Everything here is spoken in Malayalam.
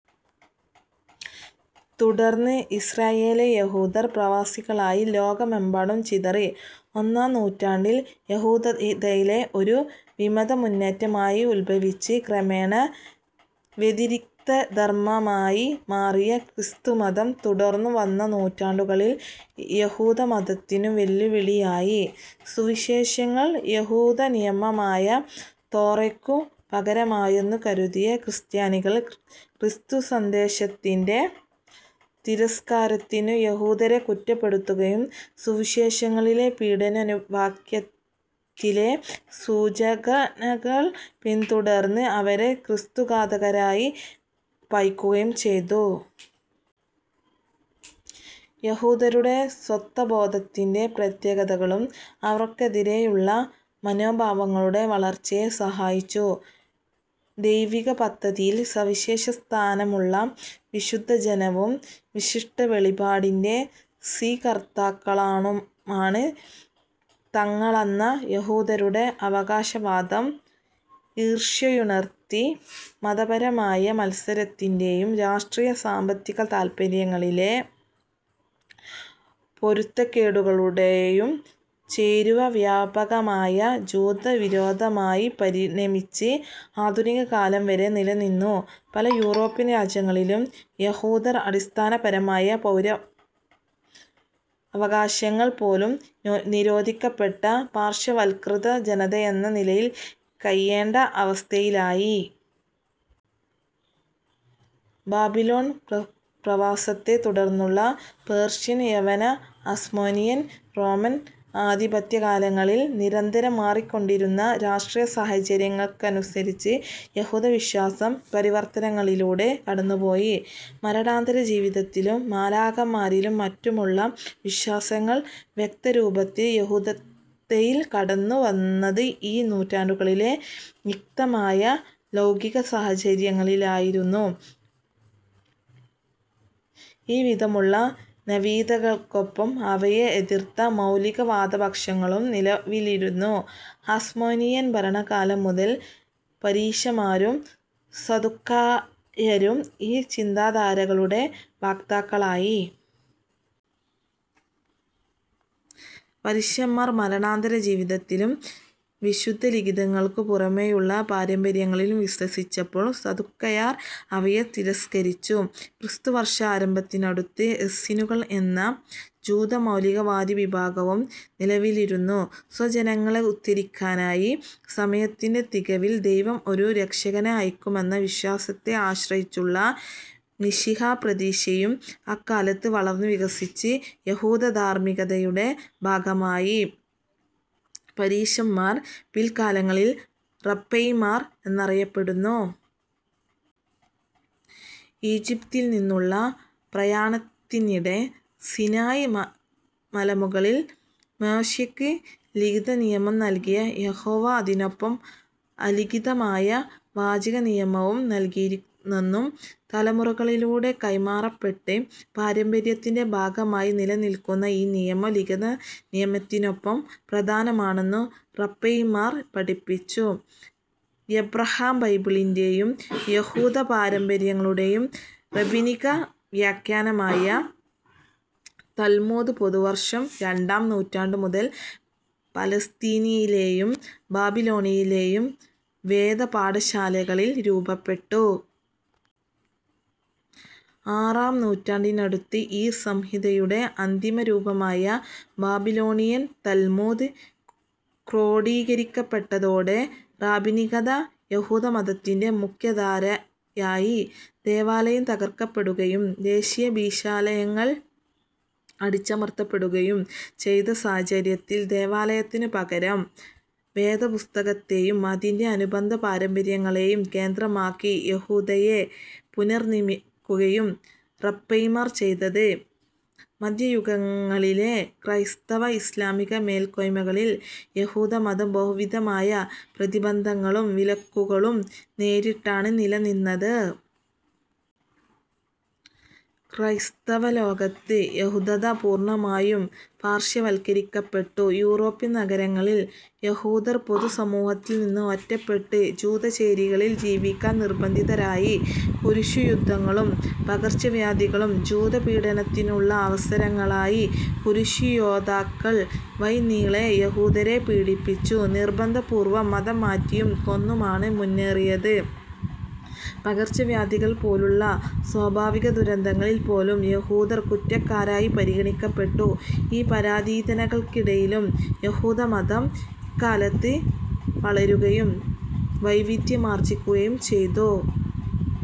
തുടർന്ന് ഇസ്രായേലിലെ യഹൂദർ പ്രവാസികളായി ലോകമെമ്പാടും ചിതറി. ഒന്നാം നൂറ്റാണ്ടിൽ യഹൂദതയിലെ ഒരു വിമതമുന്നേറ്റമായി ഉത്ഭവിച്ച് ക്രമേണ വ്യതിരിക്തധർമ്മമായി മാറിയ ക്രിസ്തുമതം, തുടർന്നു വന്ന നൂറ്റാണ്ടുകളിൽ യഹൂദമതത്തിനു വെല്ലുവിളിയായി. സുവിശേഷങ്ങൾ യഹൂദനിയമമായ തോറയ്ക്കു പകരമായെന്നു കരുതിയ ക്രിസ്ത്യാനികൾ, ക്രിസ്തുസന്ദേശത്തിന്റെ തിരസ്കാരത്തിനു യഹൂദരെ കുറ്റപ്പെടുത്തുകയും സുവിശേഷങ്ങളിലെ പീഡാനുഭവാഖ്യാനത്തിലെ സൂചനകൾ പിന്തുടർന്ന്, അവരെ ക്രിസ്തുഘാതകരായി പഴിക്കുകയും ചെയ്തു. യഹൂദരുടെ സ്വത്വബോധത്തിന്റെ പ്രത്യേകതകളും അവർക്കെതിരായുള്ള മനോഭാവങ്ങളുടെ വളർച്ചയെ സഹായിച്ചു. ദൈവികപദ്ധതിയിൽ സവിശേഷസ്ഥാനമുള്ള വിശുദ്ധജനവും, വിശിഷ്ടവെളിപാടിന്റെ സ്വീകർത്താക്കളുമാണു തങ്ങളെന്ന യഹൂദരുടെ അവകാശവാദം ഈർഷ്യയുണർത്തി. മതപരമായ മത്സരത്തിന്റെയും രാഷ്ട്രീയ-സാമ്പത്തിക താത്പര്യങ്ങളിലെ പൊരുത്തക്കേടുകളുടേയും ചേരുവ, വ്യാപകമായ ജൂതവിരോധമായി പരിണമിച്ച് ആധുനികകാലം വരെ നിലനിന്നു. പല യൂറോപ്യൻ രാജ്യങ്ങളിലും യഹൂദർ, അടിസ്ഥാനപരമായ പൗരാവകാശങ്ങൾ പോലും നിഷേധിക്കപ്പെട്ട പാർശ്വവൽക്കൃത ജനതയെന്ന നിലയിൽ കഴിയേണ്ട അവസ്ഥയിലായി. ബാബിലോൺ പ്രവാസത്തെ തുടർന്നുള്ള പേർഷ്യൻ, യവന, ഹാസ്മോനിയൻ, റോമൻ ആധിപത്യകാലങ്ങളിൽ നിരന്തരം മാറിക്കൊണ്ടിരുന്ന രാഷ്ട്രീയസാഹചര്യങ്ങൾക്കനുസരിച്ച് യഹൂദവിശ്വാസം പരിവർത്തനങ്ങളിലൂടെ കടന്നുപോയി. മരണാനന്തരജീവിതത്തിലും മാലാഖമാരിലും മറ്റുമുള്ള വിശ്വാസങ്ങൾ വ്യക്തരൂപത്തിൽ യഹൂദതയിൽ കടന്നു വന്നത് ഈ നൂറ്റാണ്ടുകളിലെ തിക്തമായ ലൗകികസാഹചര്യങ്ങളിലായിരുന്നു. ഈവിധമുള്ള നവീനതകൾക്കൊപ്പം അവയെ എതിർത്ത മൗലികവാദപക്ഷങ്ങളും നിലവിലിരുന്നു. ഹാസ്മോനിയൻ ഭരണകാലം മുതൽ, പരീശന്മാരും സദുക്കായരും ഈ ചിന്താധാരകളുടെ വക്താക്കളായി. പരീശന്മാർ മരണാനന്തരജീവിതത്തിലും വിശുദ്ധലിഖിതങ്ങൾക്കു പുറമേയുള്ള പാരമ്പര്യങ്ങളിലും വിശ്വസിച്ചപ്പോൾ സദുക്കായർ അവയെ തിരസ്കരിച്ചു. ക്രിസ്തുവർഷാരംഭത്തിനടുത്ത് എസ്സീനുകൾ എന്ന ജൂതമൗലികവാദിവിഭാഗവും നിലവിലിരുന്നു. സ്വജനങ്ങളെ ഉദ്ധരിക്കാനായി സമയത്തിന്റെ തികവിൽ ദൈവം ഒരു രക്ഷകനെ അയക്കുമെന്ന വിശ്വാസത്തെ ആശ്രയിച്ചുള്ള മിശിഹാപ്രതീക്ഷയും അക്കാലത്ത് വളർന്നു വികസിച്ച് യഹുദധാർമ്മികതയുടെ ഭാഗമായി. പരീശന്മാർ പിൽക്കാലങ്ങളിൽ റാബൈമാർ എന്നറിയപ്പെട്ടു. ഈജിപ്തിൽ നിന്നുള്ള പ്രയാണത്തിനിടെ സീനായ് മലമുകളിൽ മോശെക്ക് ലിഖിതനിയമം നൽകിയ യഹോവ അതിനൊപ്പം അലിഖിതമായ വാചികനിയമവും നൽകിയിരുന്നെന്നും തലമുറകളിലൂടെ കൈമാറപ്പെട്ട് പാരമ്പര്യത്തിന്റെ ഭാഗമായി നിലനിൽക്കുന്ന ഈ നിയമം ലിഖിതനിയമത്തിനൊപ്പം പ്രധാനമാണെന്നും റാബൈമാർ പഠിപ്പിച്ചു. എബ്രായബൈബിളിന്റേയും യഹൂദപാരമ്പര്യങ്ങളുടേയും റാബിനികവ്യാഖ്യാനമായ താൽമുദ് പൊതുവർഷം രണ്ടാം നൂറ്റാണ്ടു മുതൽ പലസ്തീനയിലേയും ബാബിലോണിലേയും വേദപാഠശാലകളിൽ രൂപപ്പെട്ടു. ആറാം നൂറ്റാണ്ടിനടുത്ത് ഈ സംഹിതയുടെ അന്തിമരൂപമായ "ബാബിലോണിയൻ താൽമുദ്" ക്രോഡീകരിക്കപ്പെട്ടതോടെ റാബിനികത, യഹൂദമതത്തിന്റെ മുഖ്യധാരയായി. ദേവാലയം തകർക്കപ്പെടുകയും ദേശീയാഭിലാഷങ്ങൾ അടിച്ചമർത്തപ്പെടുകയും ചെയ്ത സാഹചര്യത്തിൽ ദേവാലയത്തിനു പകരം വേദപുസ്തകത്തേയും അതിന്റെ അനുബന്ധപാരമ്പര്യങ്ങളേയും കേന്ദ്രമാക്കി യഹുദതയെ പുനർനിമ്മിക്കുകയാണ് റാബൈമാർ ചെയ്തത്. മദ്ധ്യയുഗങ്ങളിലെ ക്രൈസ്തവ, ഇസ്ലാമിക മേൽക്കോയ്മകളിൽ യഹൂദമതം ബഹുവിധമായ പ്രതിബന്ധങ്ങളും വിലക്കുകളും നേരിട്ടാണ് നിലനിന്നത്. ക്രൈസ്തവലോകത്ത് യഹുദത പൂർണ്ണമായും പാർശ്വവൽക്കരിക്കപ്പെട്ടു. യൂറോപ്യൻ നഗരങ്ങളിൽ യഹൂദർ പൊതുസമൂഹത്തിൽ നിന്ന് ഒറ്റപ്പെട്ട്, ജൂതച്ചേരികളിൽ ജീവിക്കാൻ നിർബ്ബന്ധിതരായി. കുരിശുയുദ്ധങ്ങളും പകർച്ചവ്യാധികളും, ജൂതപീഡനത്തിനുള്ള അവസരങ്ങളായി. കുരിശുയോദ്ധാക്കൾ വഴിനീളെ യഹൂദരെ പീഡിപ്പിച്ചും നിർബ്ബന്ധപൂർവം മതംമാറ്റിയും കൊന്നുമാണു മുന്നേറിയത്. പകർച്ചവ്യാധികൾ പോലുള്ള സ്വാഭാവികദുരന്തങ്ങളിൽ പോലും യഹൂദർ കുറ്റക്കാരായി പരിഗണിക്കപ്പെട്ടു. ഈ പരാധീനതകൾക്കിടയിലും യഹൂദമതം ഇക്കാലത്ത് വളരുകയും വൈവിദ്ധ്യമാർജ്ജിക്കുകയും ചെയ്തു.